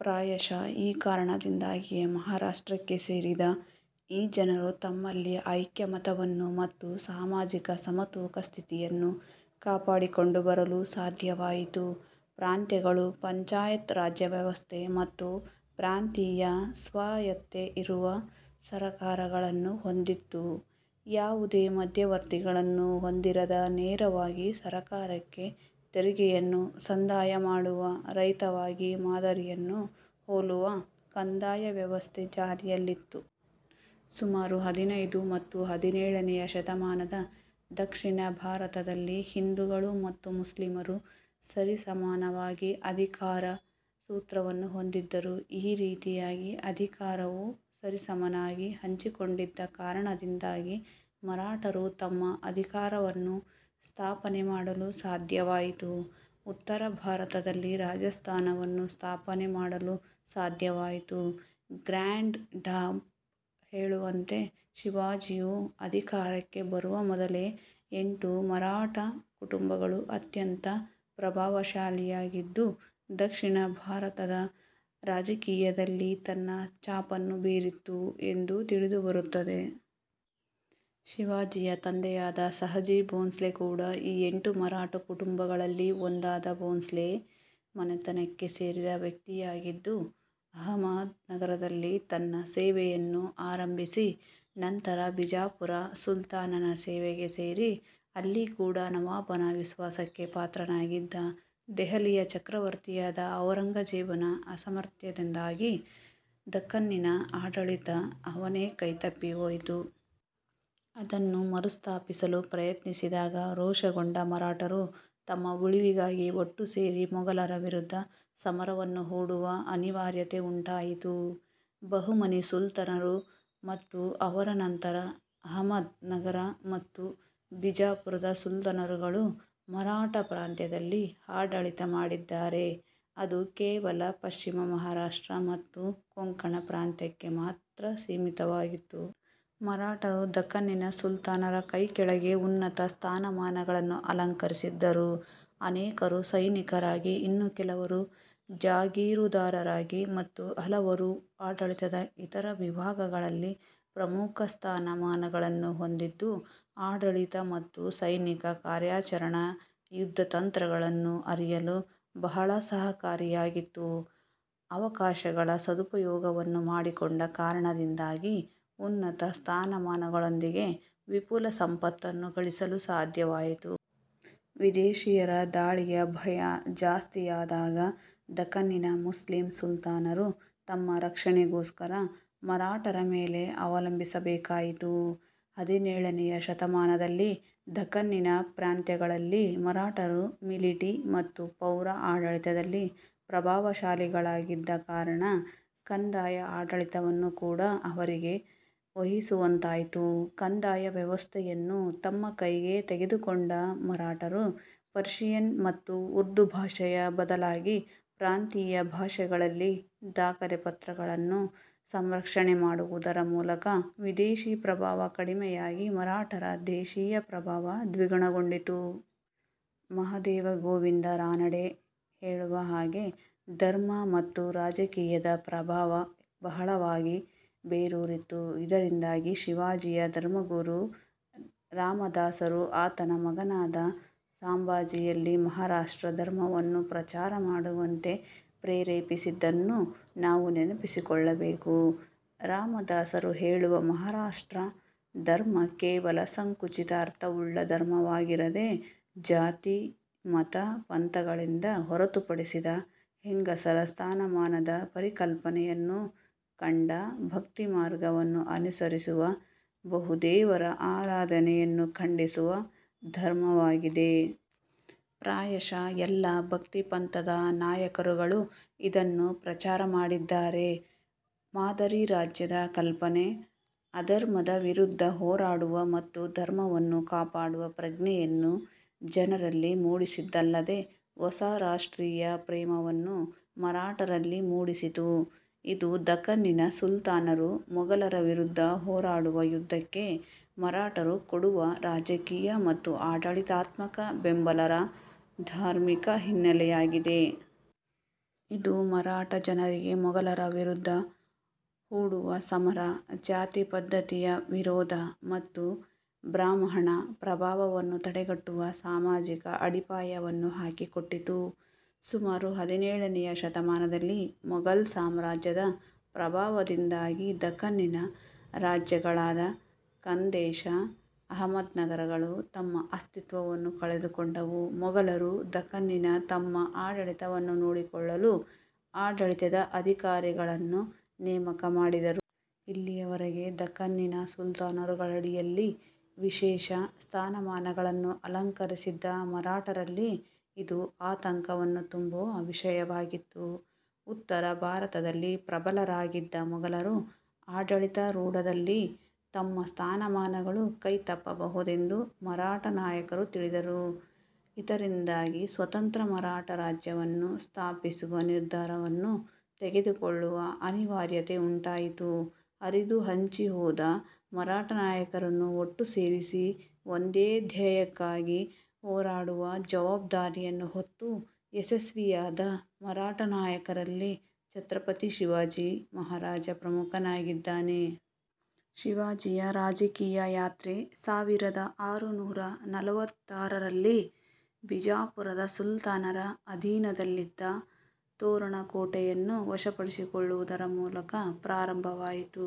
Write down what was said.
ಪ್ರಾಯಶಃ ಈ ಕಾರಣದಿಂದಾಗಿಯೇ ಮಹಾರಾಷ್ಟ್ರಕ್ಕೆ ಸೇರಿದ ಈ ಜನರು ತಮ್ಮಲ್ಲಿ ಐಕ್ಯಮತ್ಯವನ್ನು ಮತ್ತು ಸಾಮಾಜಿಕ ಸಮತೂಕ ಸ್ಥಿತಿಯನ್ನು ಕಾಪಾಡಿಕೊಂಡು ಬರಲು ಸಾಧ್ಯವಾಯಿತು. ಪ್ರಾಂತ್ಯಗಳು ಪಂಚಾಯತ್ ರಾಜ್ಯವ್ಯವಸ್ಥೆ ಮತ್ತು ಪ್ರಾಂತೀಯ ಸ್ವಾಯತ್ತೆ ಇರುವ ಸರಕಾರಗಳನ್ನು ಹೊಂದಿತ್ತು. ಯಾವುದೇ ಮಧ್ಯವರ್ತಿಗಳನ್ನು ಹೊಂದಿರದ, ನೇರವಾಗಿ ಸರಕಾರಕ್ಕೆ ತೆರಿಗೆಯನ್ನು ಸಂದಾಯ ಮಾಡುವ, ರೈತವಾಗಿ ಮಾದರಿಯನ್ನು ಹೋಲುವ ಕಂದಾಯ ವ್ಯವಸ್ಥೆ ಜಾರಿಯಲ್ಲಿತ್ತು. ಸುಮಾರು ಹದಿನೈದು ಮತ್ತು ಹದಿನೇಳನೆಯ ಶತಮಾನದ ದಕ್ಷಿಣ ಭಾರತದಲ್ಲಿ ಹಿಂದುಗಳು ಮತ್ತು ಮುಸ್ಲಿಮರು ಸರಿಸಮಾನವಾಗಿ ಅಧಿಕಾರ ಸೂತ್ರವನ್ನು ಹೊಂದಿದ್ದರು. ಈ ರೀತಿಯಾಗಿ ಅಧಿಕಾರವು ಸರಿಸಮನಾಗಿ ಹಂಚಿಕೊಂಡಿದ್ದ ಕಾರಣದಿಂದಾಗಿ ಮರಾಠರು ತಮ್ಮ ಅಧಿಕಾರವನ್ನು ಸ್ಥಾಪನೆ ಮಾಡಲು ಸಾಧ್ಯವಾಯಿತು. ಉತ್ತರ ಭಾರದಲ್ಲಿ ರಾಜಸ್ಥಾನವನ್ನು ಸ್ಥಾಪನೆ ಮಾಡಲು ಸಾಧ್ಯವಾಯಿತು. ಗ್ರಾಂಡ್ ಢಪ್ ಹೇಳುವಂತೆ ಶಿವಾಜಿಯು ಅಧಿಕಾರಕ್ಕೆ ಬರುವ ಮೊದಲೇ ಎಂಟು ಮರಾಠ ಕುಟುಂಬಗಳು ಅತ್ಯಂತ ಪ್ರಭಾವಶಾಲಿಯಾಗಿದ್ದು ದಕ್ಷಿಣ ಭಾರತದ ರಾಜಕೀಯದಲ್ಲಿ ತನ್ನ ಛಾಪನ್ನು ಬೀರಿತ್ತು ಎಂದು ತಿಳಿದು ಬರುತ್ತದೆ. ಶಿವಾಜಿಯ ತಂದೆಯಾದ ಷಹಾಜಿ ಬೋಂಸ್ಲೆ ಕೂಡಾ ಈ ಎಂಟು ಮರಾಠ ಕುಟುಂಬಗಳಲ್ಲಿ ಒಂದಾದ ಭೋಂಸ್ಲೆ ಮನೆತನಕ್ಕೆ ಸೇರಿದ ವ್ಯಕ್ತಿಯಾಗಿದ್ದು, ಅಹಮದ್ ನಗರದಲ್ಲಿ ತನ್ನ ಸೇವೆಯನ್ನು ಆರಂಭಿಸಿ ನಂತರ ಬಿಜಾಪುರ ಸುಲ್ತಾನನ ಸೇವೆಗೆ ಸೇರಿ ಅಲ್ಲಿ ಕೂಡಾ ನವಾಬನ ವಿಶ್ವಾಸಕ್ಕೆ ಪಾತ್ರನಾಗಿದ್ದ. ದೆಹಲಿಯ ಚಕ್ರವರ್ತಿಯಾದ ಔರಂಗಜೇಬನ ಅಸಾಮರ್ಥ್ಯದಿಂದಾಗಿ ದಖ್ಖನಿನ ಆಡಳಿತ ಅವನೆ ಕೈ ತಪ್ಪಿಹೋಯಿತು. ಅದನ್ನು ಮರುಸ್ಥಾಪಿಸಲು ಪ್ರಯತ್ನಿಸಿದಾಗ ರೋಷಗೊಂಡ ಮರಾಠರು ತಮ್ಮ ಉಳಿವಿಗಾಗಿ ಒಟ್ಟು ಸೇರಿ ಮೊಗಲರ ವಿರುದ್ಧ ಸಮರವನ್ನು ಹೂಡುವ ಅನಿವಾರ್ಯತೆ ಉಂಟಾಯಿತು. ಬಹಮನಿ ಸುಲ್ತಾನರು ಮತ್ತು ಅವರ ನಂತರ ಅಹಮ್ಮದ್ ನಗರ ಮತ್ತು ಬಿಜಾಪುರದ ಸುಲ್ತಾನರುಗಳು ಮರಾಠ ಪ್ರಾಂತ್ಯದಲ್ಲಿ ಆಡಳಿತ ಮಾಡಿದ್ದರೆ ಅದು ಕೇವಲ ಪಶ್ಚಿಮ ಮಹಾರಾಷ್ಟ್ರ ಮತ್ತು ಕೊಂಕಣ ಪ್ರಾಂತ್ಯಕ್ಕೆ ಮಾತ್ರ ಸೀಮಿತವಾಗಿತ್ತು. ಮರಾಠರು ದಖ್ಖನ್ನಿನ ಸುಲ್ತಾನರ ಕೈಕೆಳಗೆ ಉನ್ನತ ಸ್ಥಾನಮಾನಗಳನ್ನು ಅಲಂಕರಿಸಿದ್ದರು. ಅನೇಕರು ಸೈನಿಕರಾಗಿ, ಇನ್ನು ಕೆಲವರು ಜಾಗೀರುದಾರರಾಗಿ ಮತ್ತು ಹಲವರು ಆಡಳಿತದ ಇತರ ವಿಭಾಗಗಳಲ್ಲಿ ಪ್ರಮುಖ ಸ್ಥಾನ ಮಾನಗಳನ್ನು ಹೊಂದಿದ್ದು ಆಡಳಿತ ಮತ್ತು ಸೈನಿಕ ಕಾರ್ಯಾಚರಣ, ಯುದ್ಧ ತಂತ್ರಗಳನ್ನು ಅರಿಯಲು ಬಹಳ ಸಹಕಾರಿಯಾಗಿತ್ತು. ಅವಕಾಶಗಳ ಸದುಪಯೋಗವನ್ನು ಮಾಡಿಕೊಂಡ ಕಾರಣದಿಂದಾಗಿ ಉನ್ನತ ಸ್ಥಾನಮಾನಗಳೊಂದಿಗೆ ವಿಪುಲ ಸಂಪತ್ತನ್ನು ಗಳಿಸಲು ಸಾಧ್ಯವಾಯಿತು. ವಿದೇಶಿಯರ ದಾಳಿಯ ಭಯ ಜಾಸ್ತಿಯಾದಾಗ ದಖ್ಖನಿಯ ಮುಸ್ಲಿಮ್ ಸುಲ್ತಾನರು ತಮ್ಮ ರಕ್ಷಣೆಗೋಸ್ಕರ ಮರಾಠರ ಮೇಲೆ ಅವಲಂಬಿಸಬೇಕಾಯಿತು. ಹದಿನೇಳನೆಯ ಶತಮಾನದಲ್ಲಿ ದಖ್ಖನಿನ ಪ್ರಾಂತ್ಯಗಳಲ್ಲಿ ಮರಾಠರು ಮಿಲಿಟಿ ಮತ್ತು ಪೌರ ಆಡಳಿತದಲ್ಲಿ ಪ್ರಭಾವಶಾಲಿಗಳಾಗಿದ್ದ ಕಾರಣ ಕಂದಾಯ ಆಡಳಿತವನ್ನು ಕೂಡಾ ಅವರಿಗೇ ವಹಿಸುವಂತಾಯ್ತು. ಕಂದಾಯ ವ್ಯವಸ್ಥೆಯನ್ನು ತಮ್ಮ ಕೈಗೆ ತೆಗೆದುಕೊಂಡ ಮರಾಠರು ಪರ್ಶಿಯನ್ ಮತ್ತು ಉರ್ದು ಭಾಷೆಯ ಬದಲಾಗಿ ಪ್ರಾಂತೀಯ ಭಾಷೆಗಳಲ್ಲಿ ದಾಖಲೆ ಪತ್ರಗಳನ್ನು ಸಂರಕ್ಷಣೆ ಮಾಡುವುದರ ಮೂಲಕ ವಿದೇಶಿ ಪ್ರಭಾವ ಕಡಿಮೆಯಾಗಿ ಮರಾಠರ ದೇಶಿಯ ಪ್ರಭಾವ ದ್ವಿಗುಣಗೊಂಡಿತು. ಮಹಾದೇವ ಗೋವಿಂದ ರಾನಡೆ ಹೇಳುವ ಹಾಗೆ ಧರ್ಮ ಮತ್ತು ರಾಜಕೀಯದ ಪ್ರಭಾವ ಬಹಳವಾಗಿ ಬೇರೂರಿತ್ತು. ಇದರಿಂದಾಗಿ ಶಿವಾಜಿಯ ಧರ್ಮಗುರು ರಾಮದಾಸರು ಆತನ ಮಗನಾದ ಸಾಂಬಾಜಿಯಲ್ಲಿ ಮಹಾರಾಷ್ಟ್ರ ಧರ್ಮವನ್ನು ಪ್ರಚಾರ ಮಾಡುವಂತೆ ಪ್ರೇರೆಪಿಸಿದ್ದನ್ನು ನಾವು ನೆನಪಿಸಿಕೊಳ್ಳಬೇಕು. ರಾಮದಾಸರು ಹೇಳುವ ಮಹಾರಾಷ್ಟ್ರ ಧರ್ಮ ಕೇವಲ ಸಂಕುಚಿತ ಅರ್ಥವುಳ್ಳ ಧರ್ಮವಾಗಿರದೆ ಜಾತಿ ಮತ ಪಂಥಗಳಿಂದ ಹೊರತುಪಡಿಸಿದ, ಹೆಂಗಸರ ಸ್ಥಾನಮಾನದ ಪರಿಕಲ್ಪನೆಯನ್ನು ಕಂಡ, ಭಕ್ತಿಮಾರ್ಗವನ್ನು ಅನುಸರಿಸುವ, ಬಹುದೇವರ ಆರಾಧನೆಯನ್ನು ಖಂಡಿಸುವ ಧರ್ಮವಾಗಿದೆ. ಪ್ರಾಯಶಃ ಎಲ್ಲ ಭಕ್ತಿಪಂಥದ ನಾಯಕರುಗಳು ಇದನ್ನು ಪ್ರಚಾರ ಮಾಡಿದ್ದಾರೆ. ಮಾದರಿ ರಾಜ್ಯದ ಕಲ್ಪನೆ, ಅಧರ್ಮದ ವಿರುದ್ಧ ಹೋರಾಡುವ ಮತ್ತು ಧರ್ಮವನ್ನು ಕಾಪಾಡುವ ಪ್ರಜ್ಞೆಯನ್ನು ಜನರಲ್ಲಿ ಮೂಡಿಸಿದ್ದಲ್ಲದೆ ಹೊಸ ರಾಷ್ಟ್ರೀಯ ಪ್ರೇಮವನ್ನು ಮರಾಠರಲ್ಲಿ ಮೂಡಿಸಿತು. ಇದು ದಖ್ಖನಿನ ಸುಲ್ತಾನರು ಮೊಗಲರ ವಿರುದ್ಧ ಹೋರಾಡುವ ಯುದ್ಧಕ್ಕೆ ಮರಾಠರು ಕೊಡುವ ರಾಜಕೀಯ ಮತ್ತು ಆಡಳಿತಾತ್ಮಕ ಬೆಂಬಲರ ಧಾರ್ಮಿಕ ಹಿನ್ನೆಲೆಯಾಗಿದೆ. ಇದು ಮರಾಠ ಜನರಿಗೆ ಮೊಗಲರ ವಿರುದ್ಧ ಹೂಡುವ ಸಮರ, ಜಾತಿಪದ್ಧತಿಯ ವಿರೋಧ ಮತ್ತು ಬ್ರಾಹ್ಮಣ ಪ್ರಭಾವವನ್ನು ತಡೆಗಟ್ಟುವ ಸಾಮಾಜಿಕ ಅಡಿಪಾಯವನ್ನು ಹಾಕಿ ಕೊಟ್ಟಿತು. ಸುಮಾರು ಹದಿನೇಳನೆಯ ಶತಮಾನದಲ್ಲಿ ಮೊಗಲ್ ಸಾಮ್ರಾಜ್ಯದ ಪ್ರಭಾವದಿಂದಾಗಿ ದಖ್ಖನ್ನಿನ ರಾಜ್ಯಗಳಾದ ಖಾಂದೇಶ, ಅಹಮ್ಮದ್ ನಗರಗಳು ತಮ್ಮ ಅಸ್ತಿತ್ವವನ್ನು ಕಳೆದುಕೊಂಡವು. ಮೊಗಲರು ದಖ್ಖನಿನಲ್ಲಿ ತಮ್ಮ ಆಡಳಿತವನ್ನು ನೋಡಿಕೊಳ್ಳಲು ಆಡಳಿತದ ಅಧಿಕಾರಿಗಳನ್ನು ನೇಮಕ ಮಾಡಿದರು. ಇಲ್ಲಿಯವರೆಗೆ ದಖ್ಖನ್ನಿನ ಸುಲ್ತಾನರುಗಳಡಿಯಲ್ಲಿ ವಿಶೇಷ ಸ್ಥಾನಮಾನಗಳನ್ನು ಅಲಂಕರಿಸಿದ್ದ ಮರಾಠರಲ್ಲಿ ಇದು ಆತಂಕವನ್ನು ತುಂಬುವ ವಿಷಯವಾಗಿತ್ತು. ಉತ್ತರ ಭಾರತದಲ್ಲಿ ಪ್ರಬಲರಾಗಿದ್ದ ಮೊಗಲರು ಆಡಳಿತಾರೂಢರಾದಲ್ಲಿ ತಮ್ಮ ಸ್ಥಾನಮಾನಗಳು ಕೈ ತಪ್ಪಬಹುದೆಂದು ಮರಾಠ ನಾಯಕರು ತಿಳಿದರು. ಇದರಿಂದಾಗಿ ಸ್ವತಂತ್ರ ಮರಾಠ ರಾಜ್ಯವನ್ನು ಸ್ಥಾಪಿಸುವ ನಿರ್ಧಾರವನ್ನು ತೆಗೆದುಕೊಳ್ಳುವ ಅನಿವಾರ್ಯತೆ ಉಂಟಾಯಿತು. ಹರಿದು ಹಂಚಿ ಹೋದ ಮರಾಠ ನಾಯಕರನ್ನು ಒಟ್ಟು ಸೇರಿಸಿ ಒಂದೇ ಧ್ಯೇಯಕ್ಕಾಗಿ ಹೋರಾಡುವ ಜವಾಬ್ದಾರಿಯನ್ನು ಹೊತ್ತು ಯಶಸ್ವಿಯಾದ ಮರಾಠ ನಾಯಕರಲ್ಲಿ ಛತ್ರಪತಿ ಶಿವಾಜಿ ಮಹಾರಾಜ ಪ್ರಮುಖನಾಗಿದ್ದಾನೆ. ಶಿವಾಜಿಯ ರಾಜಕೀಯ ಯಾತ್ರೆ ಸಾವಿರದ ಆರುನೂರಾ ನಲವತ್ತಾರರಲ್ಲಿ ಬಿಜಾಪುರದ ಸುಲ್ತಾನರ ಅಧೀನದಲ್ಲಿದ್ದ ತೋರಣಕೋಟೆಯನ್ನು ವಶಪಡಿಸಿಕೊಳ್ಳುವುದರ ಮೂಲಕ ಪ್ರಾರಂಭವಾಯಿತು.